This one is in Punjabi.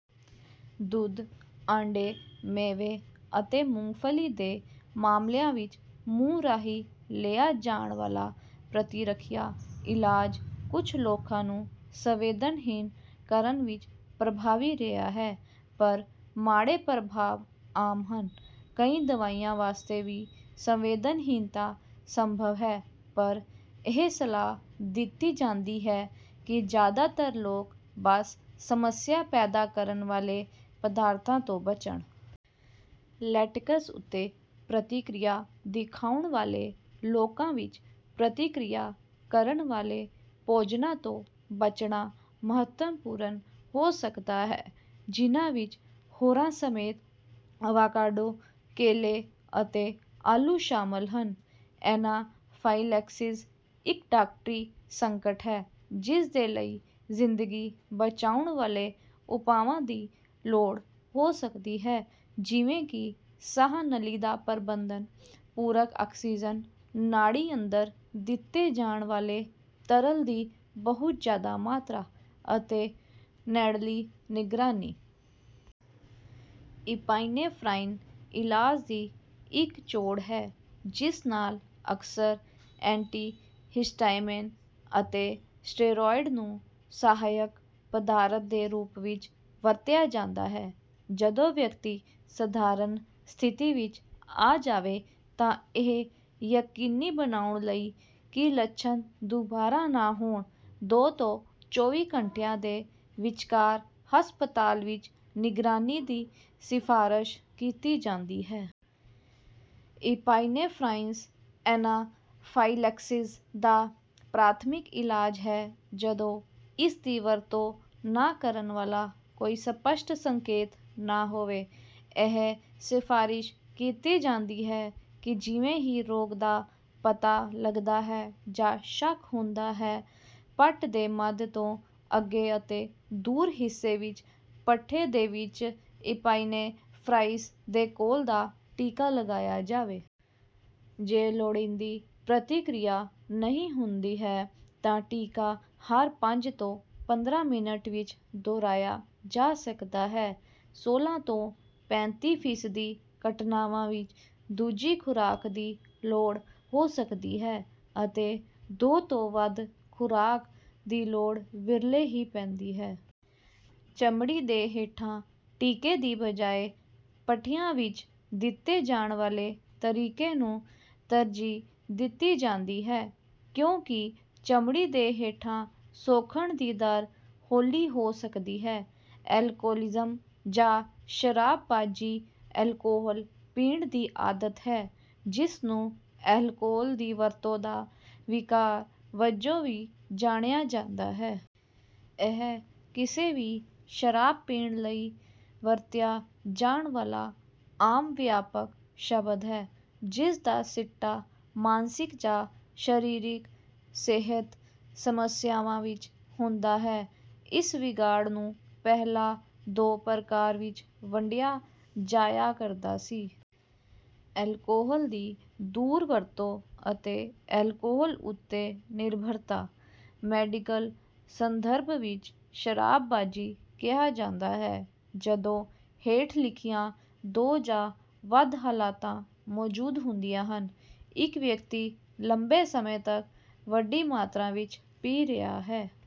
ਦੁੱਧ, ਆਂਡੇ, ਮੇਵੇ ਅਤੇ ਮੂੰਗਫਲੀ ਦੇ ਮਾਮਲਿਆਂ ਵਿੱਚ ਮੂੰਹ ਰਾਹੀਂ ਲਿਆ ਜਾਣ ਵਾਲਾ ਪ੍ਰਤਿਰੱਖਿਆ ਇਲਾਜ ਕੁਝ ਲੋਕਾਂ ਨੂੰ ਸੰਵੇਦਨਹੀਣ ਕਰਨ ਵਿੱਚ ਪ੍ਰਭਾਵੀ ਰਿਹਾ ਹੈ। ਪਰ ਮਾੜੇ ਪ੍ਰਭਾਵ ਆਮ ਹਨ। ਕਈ ਦਵਾਈਆਂ ਵਾਸਤੇ ਵੀ ਸੰਵੇਦਨਹੀਨਤਾ ਸੰਭਵ ਹੈ, ਪਰ ਇਹ ਸਲਾਹ ਦਿੱਤੀ ਜਾਂਦੀ ਹੈ ਕਿ ਜ਼ਿਆਦਾਤਰ ਲੋਕ ਬਸ ਸਮੱਸਿਆ ਪੈਦਾ ਕਰਨ ਵਾਲੇ ਪਦਾਰਥ ਤੋਂ ਬਚਣ। ਲੇਟੇਕਸ ਉੱਤੇ ਪ੍ਰਤਿਕਿਰਿਆ ਦਿਖਾਉਣ ਵਾਲੇ ਲੋਕਾਂ ਵਿੱਚ, ਪ੍ਰਤਿਕਿਰਿਆ ਕਰਨ ਵਾਲੇ ਭੋਜਨਾਂ ਤੋਂ ਬਚਣਾ ਮਹੱਤਵਪੂਰਨ ਹੋ ਸਕਦਾ ਹੈ ਜਿਨ੍ਹਾਂ ਵਿੱਚ ਹੋਰਾਂ ਸਮੇਤ ਅਵਾਕਾਡੋ, ਕੇਲੇ, ਅਤੇ ਆਲੂ ਸ਼ਾਮਲ ਹਨ। ਐਨਾਫਾਈਲੈਕਸਿਸ ਇੱਕ ਡਾਕਟਰੀ ਸੰਕਟ ਹੈ ਜਿਸਦੇ ਲਈ ਜ਼ਿੰਦਗੀ ਬਚਾਉਣ ਵਾਲੇ ਉਪਾਵਾਂ ਦੀ ਲੋੜ ਹੋ ਸਕਦੀ ਹੈ ਜਿਵੇਂ ਕਿ ਸਾਹ ਨਲੀ ਦਾ ਪ੍ਰਬੰਧਨ, ਪੂਰਕ ਆਕਸੀਜ਼ਨ, ਨਾੜੀ ਅੰਦਰ ਦਿੱਤੇ ਜਾਣ ਵਾਲੇ ਤਰਲ ਦੀ ਬਹੁਤ ਜ਼ਿਆਦਾ ਮਾਤਰਾ, ਅਤੇ ਨੇੜਲੀ ਨਿਗਰਾਨੀ। ਇਪਾਈਨੇਫ੍ਰਾਈਨ ਇਲਾਜ ਦੀ ਇੱਕ ਚੋਣ ਹੈ ਜਿਸ ਨਾਲ ਅਕਸਰ ਏਂਟੀਹਿਸਟਾਮਾਈਨ ਅਤੇ ਸਟੀਰੋਇਡ ਨੂੰ ਸਹਾਇਕ ਪਦਾਰਥਾਂ ਦੇ ਰੂਪ ਵਿੱਚ ਵਰਤਿਆ ਜਾਂਦਾ ਹੈ। ਜਦੋਂ ਵਿਅਕਤੀ ਸਧਾਰਨ ਸਥਿਤੀ ਵਿੱਚ ਆ ਜਾਵੇ ਤਾਂ ਇਹ ਯਕੀਨੀ ਬਣਾਉਣ ਲਈ ਕਿ ਲੱਛਣ ਦੁਬਾਰਾ ਨਾ ਹੋਣ, ਦੋ ਤੋਂ ਚੌਵੀ ਘੰਟਿਆਂ ਦੇ ਵਿਚਕਾਰ ਹਸਪਤਾਲ ਵਿੱਚ ਨਿਗਰਾਨੀ ਦੀ ਸਿਫਾਰਸ਼ ਕੀਤੀ ਜਾਂਦੀ ਹੈ। ਇਪਾਈਨੇਫ੍ਰਾਈਨ ਐਨਾਫਾਈਲੈਕਸਿਸ ਦਾ ਪ੍ਰਾਥਮਿਕ ਇਲਾਜ ਹੈ ਜਦੋਂ ਇਸਦੀ ਵਰਤੋਂ ਨਾ ਕਰਨ ਵਾਲਾ ਕੋਈ ਸਪੱਸ਼ਟ ਸੰਕੇਤ ਨਾ ਹੋਵੇ। ਇਹ ਸਿਫਾਰਸ਼ ਕੀਤੀ ਜਾਂਦੀ ਹੈ ਕਿ ਜਿਵੇਂ ਹੀ ਰੋਗ ਦਾ ਪਤਾ ਲਗਦਾ ਹੈ ਜਾਂ ਸ਼ੱਕ ਹੁੰਦਾ ਹੈ, ਪੱਟ ਦੇ ਮੱਧ ਤੋਂ ਅੱਗੇ ਅਤੇ ਦੂਰ ਹਿੱਸੇ ਵਿੱਚ ਪੱਠੇ ਦੇ ਵਿੱਚ ਇਪਾਈਨੇਫ੍ਰਾਈਨ ਦੇ ਘੋਲ ਦਾ ਟੀਕਾ ਲਗਾਇਆ ਜਾਵੇ। ਜੇ ਲੋੜੀਂਦੀ ਪ੍ਰਤਿਕਿਰਿਆ ਨਹੀਂ ਹੁੰਦੀ ਹੈ ਤਾਂ ਟੀਕਾ ਹਰ ਪੰਜ ਤੋਂ ਪੰਦਰਾਂ ਮਿੰਟ ਵਿੱਚ ਦੁਹਰਾਇਆ ਜਾ ਸਕਦਾ ਹੈ। ਸੋਲ੍ਹਾਂ ਤੋਂ ਪੈਂਤੀ ਫੀਸਦੀ ਘਟਨਾਵਾਂ ਵਿੱਚ ਦੂਜੀ ਖੁਰਾਕ ਦੀ ਲੋੜ ਹੋ ਸਕਦੀ ਹੈ ਅਤੇ ਦੋ ਤੋਂ ਵੱਧ ਖੁਰਾਕਾਂ ਦੀ ਲੋੜ ਵਿਰਲੇ ਹੀ ਪੈਂਦੀ ਹੈ। ਚਮੜੀ ਦੇ ਹੇਠਾਂ ਟੀਕੇ ਦੀ ਬਜਾਏ ਪੱਠਿਆਂ ਵਿੱਚ ਦਿੱਤੇ ਜਾਣ ਵਾਲੇ ਤਰੀਕੇ ਨੂੰ ਤਰਜੀਹ ਦਿੱਤੀ ਜਾਂਦੀ ਹੈ ਕਿਉਂਕਿ ਚਮੜੀ ਦੇ ਹੇਠਾਂ ਸੋਖਣ ਦੀ ਦਰ ਹੌਲੀ ਹੋ ਸਕਦੀ ਹੈ। ਅਲਕੋਹਲਿਜ਼ਮ ਜਾਂ ਸ਼ਰਾਬਬਾਜ਼ੀ ਅਲਕੋਹਲ ਪੀਣ ਦੀ ਆਦਤ ਹੈ, ਜਿਸ ਨੂੰ ਅਲਕੋਹਲ ਦੀ ਵਰਤੋਂ ਦਾ ਵਿਕਾਰ ਵਜੋਂ ਵੀ ਜਾਣਿਆ ਜਾਂਦਾ ਹੈ। ਇਹ ਕਿਸੇ ਵੀ ਸ਼ਰਾਬ ਪੀਣ ਲਈ ਵਰਤਿਆ ਜਾਣ ਵਾਲਾ ਆਮ ਵਿਆਪਕ ਸ਼ਬਦ ਹੈ ਜਿਸਦਾ ਸਿੱਟਾ ਮਾਨਸਿਕ ਜਾਂ ਸਰੀਰਕ ਸਿਹਤ ਸਮੱਸਿਆਵਾਂ ਵਿੱਚ ਹੁੰਦਾ ਹੈ। ਇਸ ਵਿਗਾੜ ਨੂੰ ਪਹਿਲਾਂ ਦੋ ਪ੍ਰਕਾਰ ਵਿੱਚ ਵੰਡਿਆ ਜਾਇਆ ਕਰਦਾ ਸੀ। ਅਲਕੋਹਲ ਦੀ ਦੁਰਵਰਤੋਂ ਅਤੇ ਅਲਕੋਹਲ ਉੱਤੇ ਨਿਰਭਰਤਾ। ਮੈਡੀਕਲ ਸੰਦਰਭ ਵਿੱਚ, ਸ਼ਰਾਬਬਾਜ਼ੀ ਕਿਹਾ ਜਾਂਦਾ ਹੈ ਜਦੋਂ ਹੇਠ ਲਿਖੀਆਂ ਦੋ ਜਾਂ ਵੱਧ ਹਾਲਤਾਂ ਮੌਜੂਦ ਹੁੰਦੀਆਂ ਹਨ। ਇੱਕ ਵਿਅਕਤੀ ਲੰਬੇ ਸਮੇਂ ਤੱਕ ਵੱਡੀ ਮਾਤਰਾ ਵਿੱਚ ਪੀ ਰਿਹਾ ਹੈ...